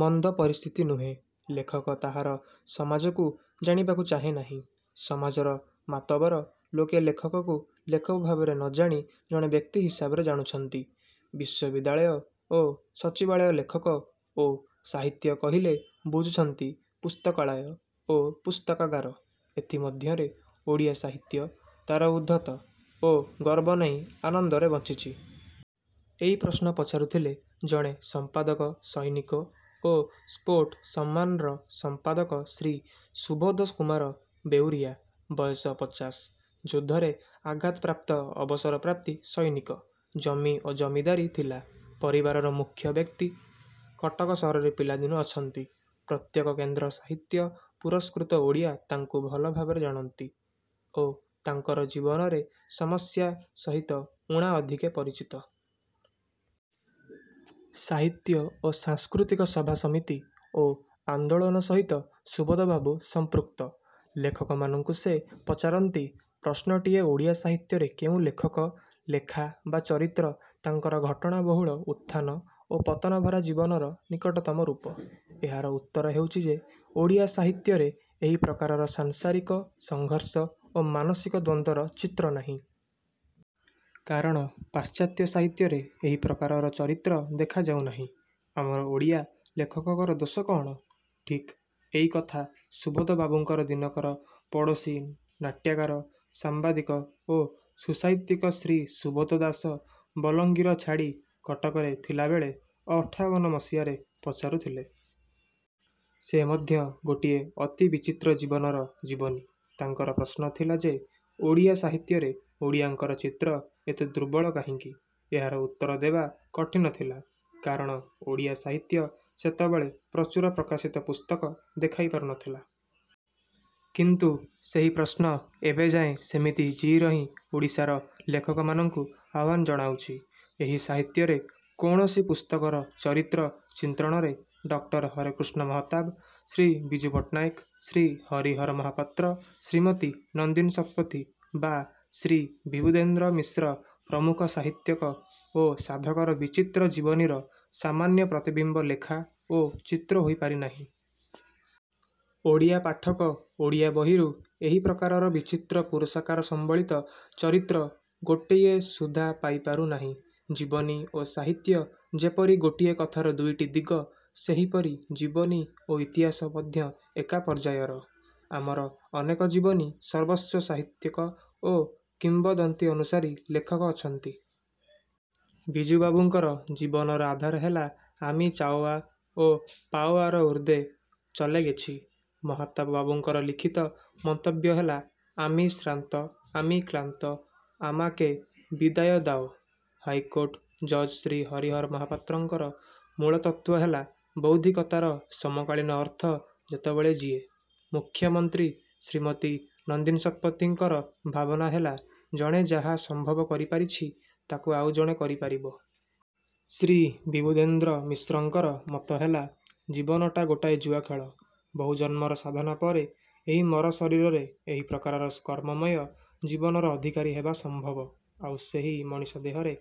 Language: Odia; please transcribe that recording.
ମନ୍ଦ ପରିସ୍ଥିତି ନୁହେଁ। ଲେଖକ ତାହାର ସମାଜକୁ ଜାଣିବାକୁ ଚାହେଁ ନାହିଁ। ସମାଜର ମାତବର ଲୋକ ଲେଖକକୁ ଲେଖକ ଭାବରେ ନ ଜାଣି ଜଣେ ବ୍ୟକ୍ତି ହିସାବରେ ଜାଣୁଛନ୍ତି। ବିଶ୍ୱବିଦ୍ୟାଳୟ ଓ ସଚିବାଳୟ ଲେଖକ ଓ ସାହିତ୍ୟ କହିଲେ ବୁଝୁଛନ୍ତି ପୁସ୍ତକାଳୟ ଓ ପୁସ୍ତକାଗାର। ଏଥି ମଧ୍ୟରେ ଓଡ଼ିଆ ସାହିତ୍ୟ ତା'ର ଉଦ୍ଧତ ଓ ଗର୍ବ ନେଇ ଆନନ୍ଦରେ ବଞ୍ଚିଛି। ଏଇ ପ୍ରଶ୍ନ ପଚାରୁଥିଲେ ଜଣେ ସମ୍ପାଦକ ସୈନିକ ଓ ସ୍ପୋଟସମାନ୍ର ସମ୍ପାଦକ ଶ୍ରୀ ସୁବୋଧ କୁମାର ବେଉରିଆ। ବୟସ ପଚାଶ। ଯୁଦ୍ଧରେ ଆଘାତ ପ୍ରାପ୍ତ-ଅବସର ପ୍ରାପ୍ତି ସୈନିକ। ଜମି ଓ ଜମିଦାରୀ ଥିଲା। ପରିବାରର ମୁଖ୍ୟ ବ୍ୟକ୍ତି। କଟକ ସହରରେ ପିଲାଦିନୁ ଅଛନ୍ତି। ପ୍ରତ୍ୟେକ କେନ୍ଦ୍ର-ସାହିତ୍ୟ-ପୁରସ୍କୃତ ଓଡ଼ିଆ ତାଙ୍କୁ ଭଲ ଭାବରେ ଜାଣନ୍ତି ଓ ତାଙ୍କର ଜୀବନରେ ସମସ୍ୟା ସହିତ ଊଣା ଅଧିକେ ପରିଚିତ। ସାହିତ୍ୟ ଓ ସାଂସ୍କୃତିକ ସଭାସମିତି ଓ ଆନ୍ଦୋଳନ ସହିତ ସୁବୋଧବାବୁ ସମ୍ପୃକ୍ତ। ଲେଖକମାନଙ୍କୁ ସେ ପଚାରନ୍ତି ପ୍ରଶ୍ନଟିଏ-ଓଡ଼ିଆ ସାହିତ୍ୟରେ କେଉଁ ଲେଖକ, ଲେଖା ବା ଚରିତ୍ର ତାଙ୍କର ଘଟଣା ବହୁଳ ଉତ୍ଥାନ ଓ ପତନଭରା ଜୀବନର ନିକଟତମ ରୂପ? ଏହାର ଉତ୍ତର ହେଉଛି ଯେ ଓଡ଼ିଆ ସାହିତ୍ୟରେ ଏହିପ୍ରକାରର ସାଂସାରିକ ସଘର୍ଷ ଓ ମାନସିକ ଦ୍ୱନ୍ଦର ଚିତ୍ର ନାହିଁ। କାରଣ ପାଶ୍ଚାତ୍ୟ ସାହିତ୍ୟରେ ଏହି ପ୍ରକାରର ଚରିତ୍ର ଦେଖାଯାଉ ନାହିଁ। ଆମର ଓଡ଼ିଆ ଲେଖକଙ୍କର ଦୋଷ କ'ଣ? ଠିକ୍ ଏଇ କଥା ସୁବୋଧ ବାବୁଙ୍କର ଦିନକର ପଡ଼ୋଶୀ ନାଟ୍ୟକାର, ସମ୍ବାଦିକ ଓ ସୁସାହିତ୍ୟିକ ଶ୍ରୀ ସୁବୋଧ ଦାସ ବଲଙ୍ଗୀର ଛାଡ଼ି କଟକରେ ଥିଲାବେଳେ ଅଠାବନ ମସିହାରେ ପଚାରୁଥିଲେ। ସେ ମଧ୍ୟ ଗୋଟିଏ ଅତି ବିଚିତ୍ର ଜୀବନର ଜୀବନୀ। ତାଙ୍କର ପ୍ରଶ୍ନ ଥିଲା ଯେ ଓଡ଼ିଆ ସାହିତ୍ୟରେ ଓଡ଼ିଆଙ୍କର ଚିତ୍ର ଏତେ ଦୂର୍ବଳ କାହିଁକି? ଏହାର ଉତ୍ତର ଦେବା କଠିନ ଥିଲା। କାରଣ ଓଡ଼ିଆ ସାହିତ୍ୟ ସେତେବେଳେ ପ୍ରଚୁର ପ୍ରକାଶିତ ପୁସ୍ତକ ଦେଖାଇ ପାରୁ ନ ଥିଲା। କିନ୍ତୁ ସେହି ପ୍ରଶ୍ନ ଏବେଯାଏ ସେମିତି ଜୀଇଁରହି ଓଡ଼ିଶାର ଲେଖକମାନଙ୍କୁ ଆହ୍ୱାନ ଜଣାଉଛି। ଏହି ସାହିତ୍ୟରେ କୌଣସି ପୁସ୍ତକର ଚରିତ୍ର ଚିନ୍ତ୍ରଣରେ ଡକ୍ଟର ହରେକୃଷ୍ଣ ମହତାବ, ଶ୍ରୀ ବିଜୁ ପଟ୍ଟନାୟକ, ଶ୍ରୀ ହରିହର ମହାପାତ୍ର, ଶ୍ରୀମତୀ ନନ୍ଦିନୀ ଶତପଥୀ ବା ଶ୍ରୀ ବିବୁଧେନ୍ଦ୍ର ମିଶ୍ର ପ୍ରମୁଖ ସାହିତ୍ୟିକ ଓ ସାଧକର ବିଚିତ୍ର ଜୀବନୀର ସାମାନ୍ୟ ପ୍ରତିବିମ୍ବ ଲେଖା ଓ ଚିତ୍ର ହୋଇ ପାରି ନାହିଁ। ଓଡ଼ିଆ ପାଠକ ଓଡ଼ିଆ ବହିରୁ ଏହି ପ୍ରକାରର ବିଚିତ୍ର ପୁରୁଷକାର ସମ୍ବଳିତ ଚରିତ୍ର ଗୋଟିଏ ସୁଦ୍ଧା ପାଇପାରୁ ନାହିଁ। ଜୀବନୀ ଓ ସାହିତ୍ୟ ଯେପରି ଗୋଟିଏ କଥାର ଦୁଇଟି ଦିଗ ସେହିପରି ଜୀବନୀ ଓ ଇତିହାସ ମଧ୍ୟ ଏକା ପର୍ଯ୍ୟାୟର। ଆମର ଅନେକ ଜୀବନୀ-ସର୍ବସ୍ୱ ସାହିତ୍ୟିକ ଓ କିମ୍ବଦନ୍ତୀ-ଅନୁସାରୀ ଲେଖକ ଅଛନ୍ତି। ବିଜୁବାବୁଙ୍କର ଜୀବନର ଆଧାର ହେଲା-ଆମି ଚାଓଆ ଓ ପାଓଆର ଊର୍ଦ୍ଧ୍ୱେ ଚଲେଗେଛି। ମହତାବବାବୁଙ୍କର ଲିଖିତ ମନ୍ତବ୍ୟ ହେଲା-ଆମି ଶ୍ରାନ୍ତ, ଆମି କ୍ଳାନ୍ତ, ଆମାକେ ବିଦାୟ ଦାଓ। ହାଇକୋଟ ଜଜ୍ ଶ୍ରୀ ହରିହର ମହାପାତ୍ରଙ୍କର ମୂଳତତ୍ତ୍ୱ ହେଲା-ବୌଦ୍ଧିକତାର ସମକାଳୀନ ଅର୍ଥ ଯେତେବେଳେ ଯିଏ। ମୁଖ୍ୟମନ୍ତ୍ରୀ ଶ୍ରୀମତୀ ନନ୍ଦିନୀ ଶତପଥୀଙ୍କର ଭାବନା ହେଲା-ଜଣେ ଯାହା ସମ୍ଭବ କରିପାରିଛି ତା'କୁ ଆଉ ଜଣେ କରିପାରିବ। ଶ୍ରୀ ବିବୁଧେନ୍ଦ୍ର ମିଶ୍ରଙ୍କର ମତ ହେଲା-ଜୀବନଟା ଗୋଟାଏ ଜୁଆଖେଳ। ବହୁ ଜନ୍ମର ସାଧନା ପରେ ଏହି ମର ଶରୀରରେ ଏହି ପ୍ରକାରର କର୍ମମୟ ଜୀବନର ଅଧିକାରୀ ହେବା ସମ୍ଭବ। ଆଉ ସେହି ମଣିଷ ଦେହରେ